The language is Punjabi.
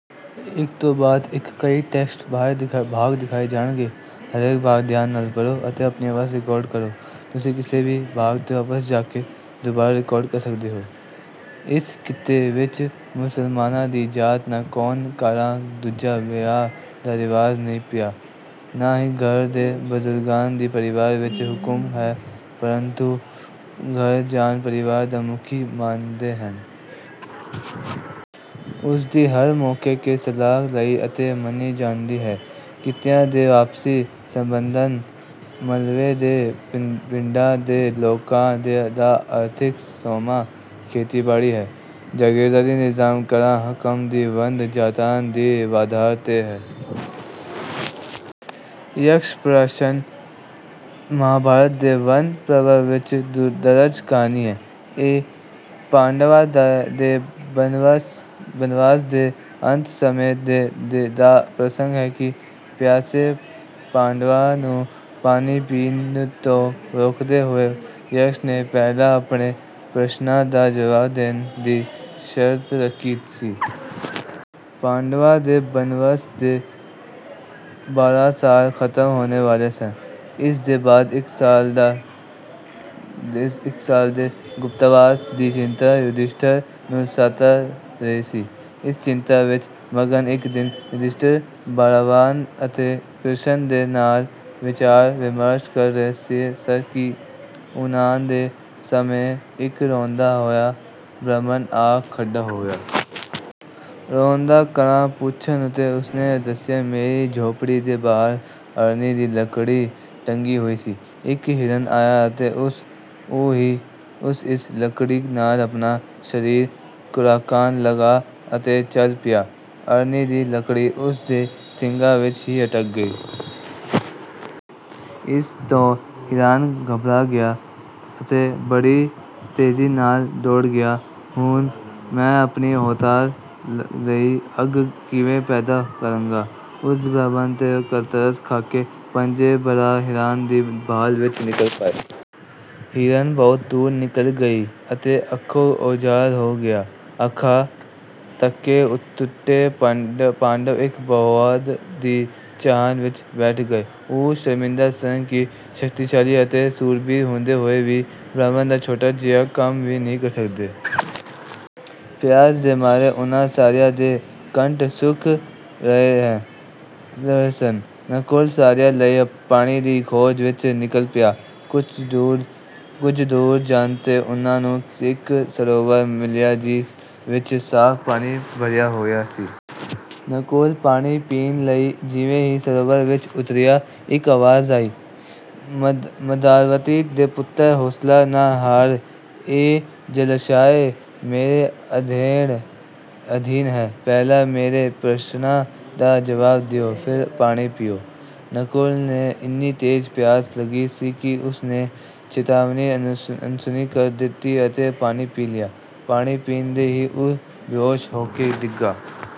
ਇਸ ਖਿੱਤੇ ਵਿੱਚ ਮੁਸਲਮਾਨਾਂ ਦੀ ਜਾਤ ਨਾ ਹੋਣ ਕਾਰਨ ਦੂਜਾ ਵਿਆਹ ਦਾ ਰਿਵਾਜ਼ ਨਹੀਂ ਪਿਆ। ਨਾ ਹੀ ਘਰ ਦੇ ਬਜ਼ੁਰਗਾਂ ਦੀ ਪਰਿਵਾਰ ਵਿੱਚ ਹੁਕਮ ਹੈ ਪਰੰਤੂ ਘਰ ਜਾਂ ਪਰਿਵਾਰ ਦਾ ਮੁਖੀ ਮੰਨਦੇ ਹਨ। ਉਸਦੀ ਹਰ ਮੌਕੇ ਤੇ ਸਲਾਹ ਲਈ ਅਤੇ ਮੰਨੀ ਜਾਂਦੀ ਹੈ। ਕਿੱਤਿਆਂ ਦੇ ਆਪਸੀ ਸਬੰਧਾਂ, ਮਾਲਵੇ ਦੇ ਪਿੰਡਾਂ ਦੇ ਲੋਕਾਂ ਦਾ ਆਰਥਿਕ ਸੋਮਾ ਖੇਤੀਬਾੜੀ ਹੈ। ਜਾਗੀਰਦਾਰੀ ਨਿਜ਼ਾਮ ਕਾਰਨ ਕੰਮ ਦੀ ਵੰਡ ਜਾਤਾਂ ਦੇ ਆਧਾਰ ਤੇ ਹੈ। ਯਕਸ਼ ਪ੍ਰਸ਼ਨ ਮਹਾਭਾਰਤ ਦੇ ਵਣ ਪਰਵ ਵਿੱਚ ਦਰਜ ਕਹਾਣੀ ਹੈ। ਇਹ ਪਾਂਡਵਾਂ ਦੇ ਬਨਵਾਸ ਦੇ ਅੰਤ ਸਮੇਂ ਦਾ ਪ੍ਰਸੰਗ ਹੈ ਕਿ ਪਿਆਸੇ ਪਾਂਡਵਾਂ ਨੂੰ ਪਾਣੀ ਪੀਣ ਤੋਂ ਰੋਕਦੇ ਹੋਏ ਯਕਸ਼ ਨੇ ਪਹਿਲਾਂ ਆਪਣੇ ਪ੍ਰਸ਼ਨਾਂ ਦਾ ਜਵਾਬ ਦੇਣ ਦੀ ਸ਼ਰਤ ਰੱਖੀ ਸੀ। ਪਾਂਡਵਾਂ ਦੇ ਬਨਵਾਸ ਦੇ ਬਾਰਾਂ ਸਾਲ ਖ਼ਤਮ ਹੋਣ ਵਾਲੇ ਸਨ। ਇਸ ਦੇ ਬਾਅਦ ਇੱਕ ਸਾਲ ਦੇ ਗੁਪਤਵਾਸ ਦੀ ਚਿੰਤਾ ਯੁਧਿਸ਼ਠਰ ਨੂੰ ਸਤਾ ਰਹੀ ਸੀ। ਇਸ ਚਿੰਤਾ ਵਿੱਚ ਮਗਨ ਇੱਕ ਦਿਨ ਯੁਧਿਸ਼ਠਰ ਭਰਾਵਾਂ ਅਤੇ ਕ੍ਰਿਸ਼ਣ ਦੇ ਨਾਲ ਵਿਚਾਰ ਵਿਮਰਸ਼ ਕਰ ਰਹੇ ਸਨ ਕਿ ਉਨ੍ਹਾਂ ਦੇ ਸਾਹਮਣੇ ਇੱਕ ਰੋਂਦਾ ਹੋਇਆ ਬ੍ਰਾਹਮਣ ਆ ਖੜਾ ਹੋਇਆ। ਰੋਣ ਦਾ ਕਾਰਨ ਪੁੱਛਣ ਉੱਤੇ ਉਸਨੇ ਦੱਸਿਆ, "ਮੇਰੀ ਝੋਪੜੀ ਦੇ ਬਾਹਰ ਅਰਣੀ ਦੀ ਲੱਕੜੀ ਟੰਗੀ ਹੋਈ ਸੀ। ਇੱਕ ਹਿਰਣ ਆਇਆ ਅਤੇ ਉਹ ਇਸ ਲੱਕੜੀ ਨਾਲ ਆਪਣਾ ਸਰੀਰ ਖੁਰਕਣ ਲਗਾ ਅਤੇ ਚੱਲ ਪਿਆ। ਅਰਣੀ ਦੀ ਲੱਕੜੀ ਉਸ ਦੇ ਸਿੰਗ ਵਿੱਚ ਹੀ ਅਟਕ ਗਈ। ਇਸ ਤੋਂ ਹਿਰਣ ਘਬਰਾ ਗਿਆ ਅਤੇ ਬੜੀ ਤੇਜੀ ਨਾਲ ਦੌੜ ਗਿਆ। ਹੁਣ ਮੈਂ ਅਗਨੀ ਹੋਤਰ ਲਈ ਅੱਗ ਕਿਵੇਂ ਪੈਦਾ ਕਰਾਂਗਾ?" ਉਸ ਬ੍ਰਾਹਮਣ ਤੇ ਤਰਸ ਖਾਕੇ ਪੰਜੇ ਭਰਾ ਹਿਰਣ ਦੀ ਭਾਲ ਵਿੱਚ ਨਿਕਲ ਪਏ। ਹਿਰਣ ਬਹੁਤ ਦੂਰ ਨਿਕਲ ਗਿਆ ਅਤੇ ਅੱਖੋਂ ਓਝਲ ਹੋ ਗਿਆ। ਆਖਰ ਥੱਕੇ ਟੁੱਟੇ ਪਾਂਡਵ ਇੱਕ ਬੋਹੜ ਦੀ ਛਾਂ ਵਿੱਚ ਬੈਠ ਗਏ। ਉਹ ਸ਼ਰਮਿੰਦਾ ਸਨ ਕਿ ਸ਼ਕਤੀਸ਼ਾਲੀ ਅਤੇ ਸੂਰਬੀਰ ਹੁੰਦੇ ਹੋਏ ਵੀ ਬ੍ਰਾਹਮਣ ਦਾ ਛੋਟਾ ਜਿਹਾ ਕੰਮ ਵੀ ਨਹੀਂ ਕਰ ਸਕੇ। ਪਿਆਸ ਦੇ ਮਾਰੇ ਉਨ੍ਹਾਂ ਸਾਰਿਆਂ ਦੇ ਕੰਠ ਸੁੱਕ ਰਹੇ ਸਨ। ਨਕੁਲ ਸਾਰਿਆਂ ਲਈ ਪਾਣੀ ਦੀ ਖੋਜ ਵਿੱਚ ਨਿਕਲ ਪਿਆ। ਕੁੱਝ ਦੂਰ ਜਾਣ ਤੇ ਉਨ੍ਹਾਂ ਨੂੰ ਇੱਕ ਸਰੋਵਰ ਮਿਲਿਆ ਜਿਸ ਵਿੱਚ ਸਾਫ਼ ਪਾਣੀ ਭਰਿਆ ਹੋਇਆ ਸੀ। ਨਕੁਲ ਪਾਣੀ ਪੀਣ ਲਈ ਜਿਵੇਂ ਹੀ ਸਰੋਵਰ ਵਿੱਚ ਉਤਰਿਆ, ਇੱਕ ਆਵਾਜ਼ ਆਈ, "ਮਾਦਰਵਤੀ ਦੇ ਪੁੱਤਰ, ਹੌਸਲਾ ਨਾ ਹਾਰ, ਇਹ ਜਲਾਸ਼ਏ ਮੇਰੇ ਆਧੀਨ ਹੈ। ਪਹਿਲਾਂ ਮੇਰੇ ਪ੍ਰਸ਼ਨਾਂ ਦੇ ਜਵਾਬ ਦਿਓ, ਫਿਰ ਪਾਣੀ ਪੀਓ।" ਨਕੁਲ ਨੂੰ ਇੰਨੀ ਤੇਜ ਪਿਆਸ ਲੱਗੀ ਸੀ ਕਿ ਉਸ ਨੇ ਚਿਤਾਵਨੀ ਅਣਸੁਣੀ ਕਰ ਦਿੱਤੀ ਅਤੇ ਪਾਣੀ ਪੀ ਲਿਆ। ਪਾਣੀ ਪੀਂਦੇ ਹੀ ਉਹ ਬੇਹੋਸ਼ ਹੋਕੇ ਡਿੱਗ